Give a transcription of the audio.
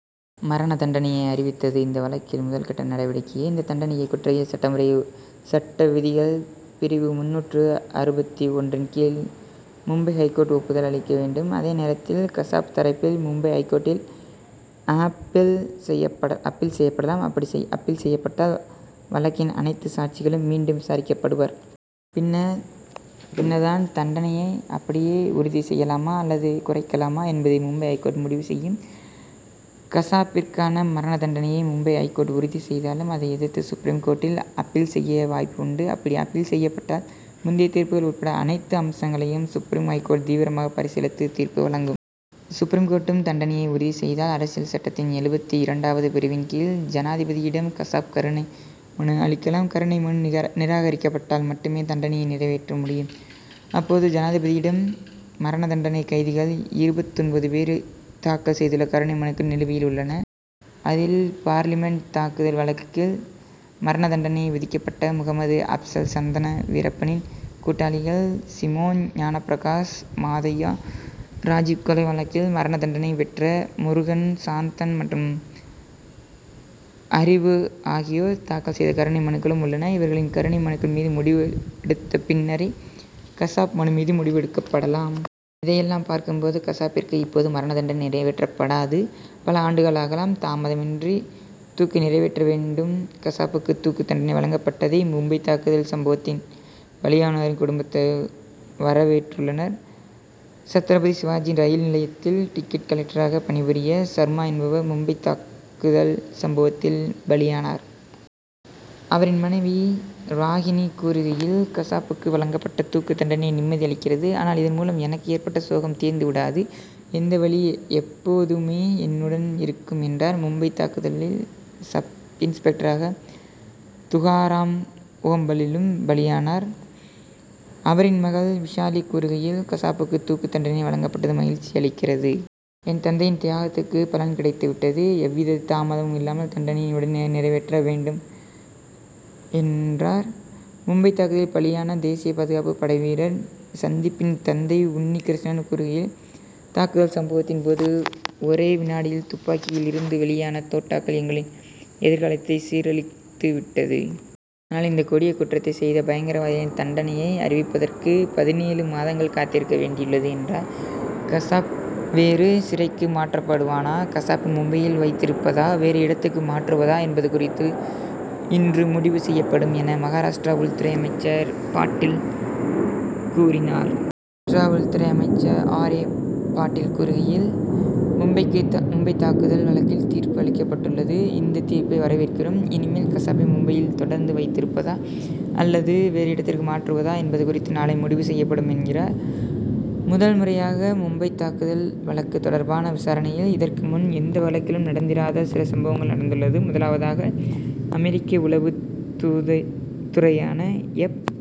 மரண தண்டனையை அறிவித்தது இந்த வழக்கில் முதல் கட்ட நடவடிக்கையே. இந்த தண்டனைக்கு குற்றவியல் நடைமுறை சட்ட விதிகள் பிரிவு முந்நூற்று அறுபத்து ஆறின் கீழ் மும்பை ஐகோர்ட் ஒப்புதல் அளிக்க வேண்டும். அதே நேரத்தில் கசாப் தரப்பிலும் மும்பை ஐகோர்ட்டில் அப்பீல் செய்யப்படலாம். அப்படி அப்பீல் செய்யப்பட்டால் வழக்கின் அனைத்து சாட்சிகளும் மீண்டும் விசாரிக்கப்படுவர். பின்னர் தான் தண்டனையை அப்படியே உறுதி செய்யலாமா அல்லது குறைக்கலாமா என்பதை மும்பை ஐகோர்ட் முடிவு செய்யும். கசாப்பிற்கான மரண தண்டனையை மும்பை ஐகோர்ட் உறுதி செய்தாலும் அதை எதிர்த்து சுப்ரீம் கோர்ட்டில் அப்பீல் செய்ய வாய்ப்பு உண்டு. அப்படி அப்பீல் செய்யப்பட்டால் முந்தைய தீர்ப்புகள் உட்பட அனைத்து அம்சங்களையும் சுப்ரீம் கோர்ட் தீவிரமாக பரிசீலித்து தீர்ப்பு வழங்கும். சுப்ரீம் கோர்ட்டும் தண்டனையை உறுதி செய்தால் அரசியல் சட்டத்தின் எழுபத்து இரண்டாவது பிரிவின் கீழ் ஜனாதிபதியிடம் கசாப் கருணை மனு அளிக்கலாம். கருணை மனு நிராகரிக்கப்பட்டால் மட்டுமே தண்டனையை நிறைவேற்ற முடியும். தற்போது ஜனாதிபதியிடம் மரண தண்டனை கைதிகள் இருபத்தொன்பது பேர் தாக்கல் செய்துள்ள கருணை மனுக்கள் நிலுவையில் உள்ளன. அதில் பார்லிமென்ட் தாக்குதல் வழக்கில் மரண தண்டனை விதிக்கப்பட்ட முகமது அப்சல் சந்தன வீரப்பனின் கூட்டாளிகள் சிமோன் ஞானபிரகாஷ் மாதய்யா ராஜிவ் கொலை வழக்கில் மரண தண்டனை பெற்ற முருகன் சாந்தன் மற்றும் அறிவு ஆகியோர் தாக்கல் செய்த கருணை மனுக்களும் உள்ளன. இவர்களின் கருணை மனுக்கள் மீது முடிவெடுத்த பின்னரே கசாப் மனு மீது முடிவு எடுக்கப்படலாம். இதையெல்லாம் பார்க்கும் போது கசாப்பிற்கு இப்போது மரண தண்டனை நிறைவேற்றப்படாது. பல ஆண்டுகளாகலாம். தாமதமின்றி தூக்கை நிறைவேற்ற வேண்டும் கசாபுக்கு தூக்கு தண்டனை வழங்கப்பட்டதை மும்பை தாக்குதல் சம்பவத்தில் பலியானோரின் குடும்பத்தினர் வரவேற்றுள்ளனர். சத்ரபதி சிவாஜி ரயில் நிலையத்தில் டிக்கெட் கலெக்டராக பணியாற்றிய சர்மா என்பவர் மும்பை தாக்குதல் சம்பவத்தில் பலியானார். அவரின் மனைவி ராகினி கூறுகையில் கசாபுக்கு வழங்கப்பட்ட தூக்கு தண்டனை நிம்மதி அளிக்கிறது. ஆனால் இதன்மூலம் எனக்கு ஏற்பட்ட சோகம் தீர்ந்து விடாது. அந்த வலி எப்போதுமே என்னுடன் இருக்கும் என்றார். மும்பை தாக்குதலில் சப் இன்ஸ்பெக்டர் துகாராம் ஓம்பலும் பலியானார். அவரின் மகள் விசாலி கூறுகையில் கசாபுக்கு தூக்கு தண்டனை வழங்கப்பட்டது மகிழ்ச்சி அளிக்கிறது. என் தந்தையின் தியாகத்துக்கு பலன் கிடைத்து விட்டது. எந்தவித தாமதமும் இல்லாமல் தண்டனையை உடனடியாக நிறைவேற்ற வேண்டும் என்றார். மும்பை தாக்குதலில் பலியான தேசிய பாதுகாப்பு படை வீரர் சந்தீப்பின் தந்தை உன்னி கிருஷ்ணன் கூறுகையில் தாக்குதல் சம்பவத்தின்போது ஒரே விநாடியில் துப்பாக்கியில் இருந்து வெளியான தோட்டா எங்களின் எதிர்காலத்தை சீரழித்து விட்டது. ஆனால் இந்த கொடிய குற்றத்தை செய்த பயங்கரவாதிக்கான தண்டனையை அறிவிப்பதற்கு பதினேழு மாதங்கள் காத்திருக்க வேண்டியுள்ளது என்றார். கசாப் வேறு சிறைக்கு மாற்றப்படுவானா கசாப்பை மும்பையில் வைத்திருப்பதா வேறு இடத்துக்கு மாற்றுவதா என்பது குறித்து இன்று முடிவு செய்யப்படும் என மகாராஷ்டிர உள்துறை அமைச்சர் பாட்டீல் கூறினார். மகாராஷ்டிரா உள்துறை அமைச்சர் ஆர். ஆர். பாட்டீல் கூறுகையில் மும்பைத் தாக்குதல் வழக்கில் தீர்ப்பு அளிக்கப்பட்டுள்ளது. இந்த தீர்ப்பை வரவேற்கிறோம். இனிமேல் கசாப்பை மும்பையில் தொடர்ந்து வைத்திருப்பதா அல்லது வேறு இடத்துக்கு மாற்றுவதா என்பது குறித்து நாளை முடிவு செய்யப்படும் என்றார். முதல் முறையாகமும்பைத் தாக்குதல் வழக்கு தொடர்பான விசாரணையில் இதற்குமுன் எந்த வழக்கிலும் நடந்திராத சில சம்பவங்கள் நடந்துள்ளன. முதலாவதாக அமெரிக்க உளவுத் துறையான எப்.